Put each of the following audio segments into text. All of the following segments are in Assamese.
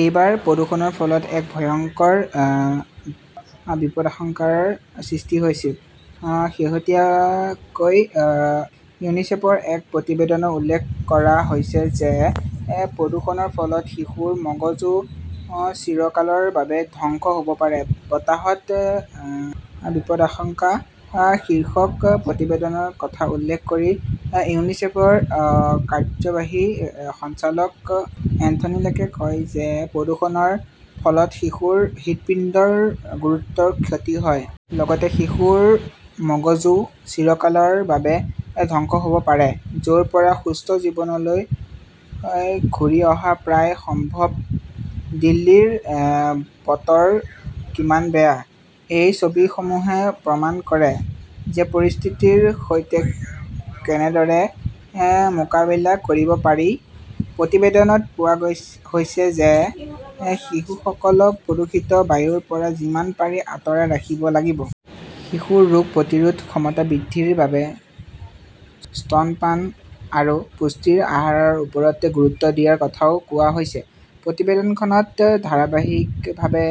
এইবাৰ প্ৰদূষণৰ ফলত এক ভয়ংকৰ বিপদাশংকাৰ সৃষ্টি হৈছিল। শেহতীয়াকৈ ইউনিচেফৰ এক প্ৰতিবেদনত উল্লেখ কৰা হৈছে যে প্ৰদূষণৰ ফলত শিশুৰ মগজু চিৰকালৰ বাবে ধ্বংস হ 'ব পাৰে। 'বতাহত বিপদাশংকা শীৰ্ষক প্ৰতিবেদনৰ কথা উল্লেখ কৰি ইউনিচেফৰ কাৰ্যবাহী সঞ্চালক এন্থনী লেকে কয় যে প্ৰদূষণৰ ফলত শিশুৰ হৃদপিণ্ডৰ গুৰুতৰ ক্ষতি হয়। লগতে শিশুৰ মগজু চিৰকালৰ বাবে ধ্বংস হব পাৰে। য 'ৰ পৰা সুস্থ জীৱনলৈ ঘূৰি অহা প্ৰায় অসম্ভৱ। দিল্লীৰ বতৰ কিমান বেয়া? এই ছবিসমূহে প্ৰমাণ কৰে যে পৰিস্থিতিৰ সৈতে কেনেদৰে মোকাবিলা কৰিব পাৰি? প্ৰতিবেদনত কোৱা হৈছে যে শিশুসকলক প্ৰদূষিত বায়ুৰ পৰা যিমান পাৰি আঁতৰাই ৰাখিব লাগিব। শিশুৰ ৰোগ প্ৰতিৰোধ ক্ষমতা বৃদ্ধিৰ বাবে স্তনপান আৰু পুষ্টিৰ আহাৰৰ ওপৰত গুৰুত্ব দিয়াৰ কথাও কোৱা হৈছে। প্ৰতিবেদনখনত ধাৰাবাহিকভাৱে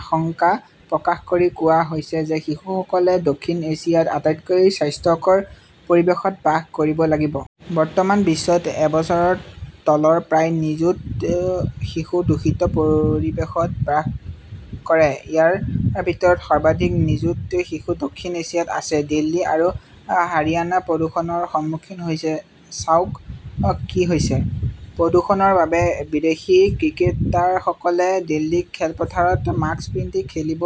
আশংকা প্ৰকাশ কৰি কোৱা হৈছে যে শিশুসকলে দক্ষিণ এছিয়াত আটাইতকৈ স্বাস্থ্যকৰ পৰিৱেশত বাস কৰিব লাগিব। বৰ্তমান বিশ্বত এবছৰৰ তলৰ প্ৰায় নিযুত শিশু দূষিত পৰিৱেশত বাস কৰে। ইয়াৰ ভিতৰত সৰ্বাধিক নিযুত শিশু দক্ষিণ এছিয়াত আছে। দিল্লী আৰু হাৰিয়ানা প্ৰদূষণৰ সন্মুখীন হৈছে চাওক কি হৈছে! প্ৰদূষণৰ বাবে বিদেশী ক্ৰিকেটাৰসকলে দিল্লীৰ খেলপথাৰত মাস্ক পিন্ধি খেলিব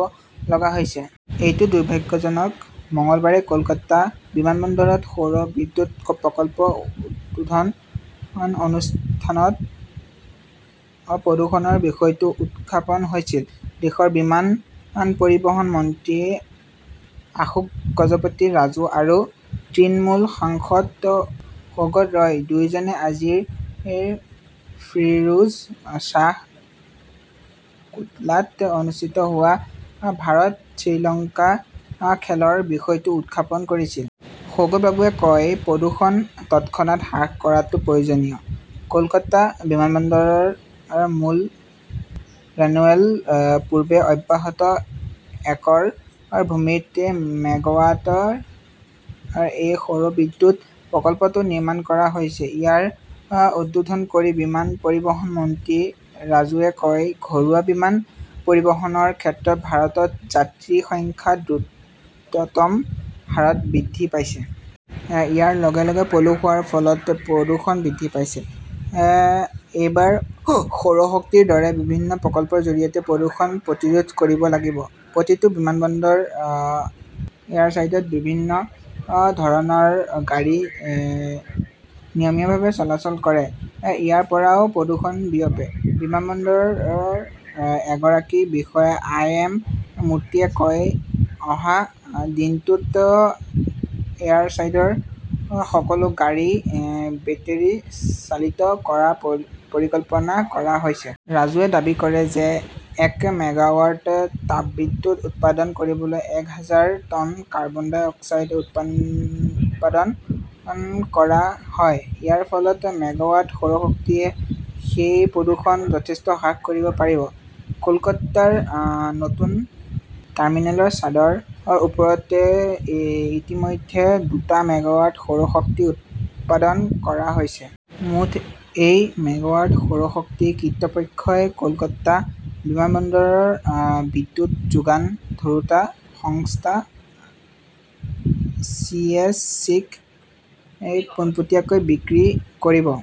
লগা হৈছে। এইটো দুৰ্ভাগ্যজনক! মঙলবাৰে কলকাতা বিমানবন্দৰত সৌৰ বিদ্যুৎ প্ৰকল্প উদ্বোধন অনুষ্ঠানত প্ৰদূষণৰ বিষয়টো উত্থাপন হৈছিল। দেশৰ বিমান পৰিবহণ মন্ত্ৰী অশোক গজপতি ৰাজু আৰু তৃণমূল সাংসদ সৌগত ৰয় দুয়োজনে আজি ফিৰোজ শ্বাহ কোটলাত অনুষ্ঠিত হোৱা ভাৰত-শ্ৰীলংকা খেলৰ বিষয়টো উত্থাপন কৰিছিল। সৌগতবাবুৱে কয়, প্ৰদূষণ তৎক্ষণাত হ্ৰাস কৰাটো প্ৰয়োজনীয়। কলকাতা বিমানবন্দৰৰ মূল ৰানৱেৰ পূৰ্বে অব্যৱহৃত একৰ ভূমিত মেগাৱাটৰ এই সৌৰ বিদ্যুৎ প্ৰকল্পটো নিৰ্মাণ কৰা হৈছে। ইয়াৰ উদ্বোধন কৰি বিমান পৰিবহণ মন্ত্ৰী ৰাজুৱে কয়, ঘৰুৱা বিমান পৰিবহণৰ ক্ষেত্ৰত ভাৰতত যাত্ৰীৰ সংখ্যা দ্ৰুততম হাৰত বৃদ্ধি পাইছে। ইয়াৰ লগে লগে পলসুৱাৰ ফলত প্ৰদূষণ বৃদ্ধি পাইছে। এইবাৰ সৌৰ শক্তিৰ দৰে বিভিন্ন প্ৰকল্পৰ জৰিয়তে প্ৰদূষণ প্ৰতিৰোধ কৰিব লাগিব। প্ৰতিটো বিমানবন্দৰৰ এয়াৰচাইডত বিভিন্ন ধৰণৰ গাড়ী নিয়মীয়াভাৱে চলাচল কৰে। ইয়াৰ পৰাও প্ৰদূষণ বিয়পে। বিমানবন্দৰৰ এগৰাকী বিষয়া আই এম মূৰ্তিয়ে কয়, অহা দিনটোত এয়াৰচাইডৰ সকলো গাড়ী বেটাৰি চালিত কৰাৰ পৰিকল্পনা কৰা হৈছে। ৰাজুৱে দাবী কৰে যে এক মেগাৱাট তাপবিদ্যুৎ উৎপাদন কৰিবলৈ এক হাজাৰ টন কাৰ্বন-ডাই অক্সাইড উৎপাদন কৰা হয়। ইয়াৰ ফলত মেগাৱাট সৌৰশক্তিয়ে সেই প্ৰদূষণ যথেষ্ট হ্ৰাস কৰিব পাৰিব। কলকাতাৰ নতুন টাৰ্মিনেলৰ ছাদৰ ওপৰত ইতিমধ্যে দুটা মেগাৱাট সৌৰ শক্তি উৎপাদন কৰা হৈছে। মুঠ এই মেগাৱাট সৌৰ শক্তি কৰ্তৃপক্ষই কলকাতা বিমানবন্দৰৰ বিদ্যুৎ যোগান ধৰোঁতা সংস্থা চিইএছচিক পোনপটীয়াকৈ বিক্ৰী কৰিব।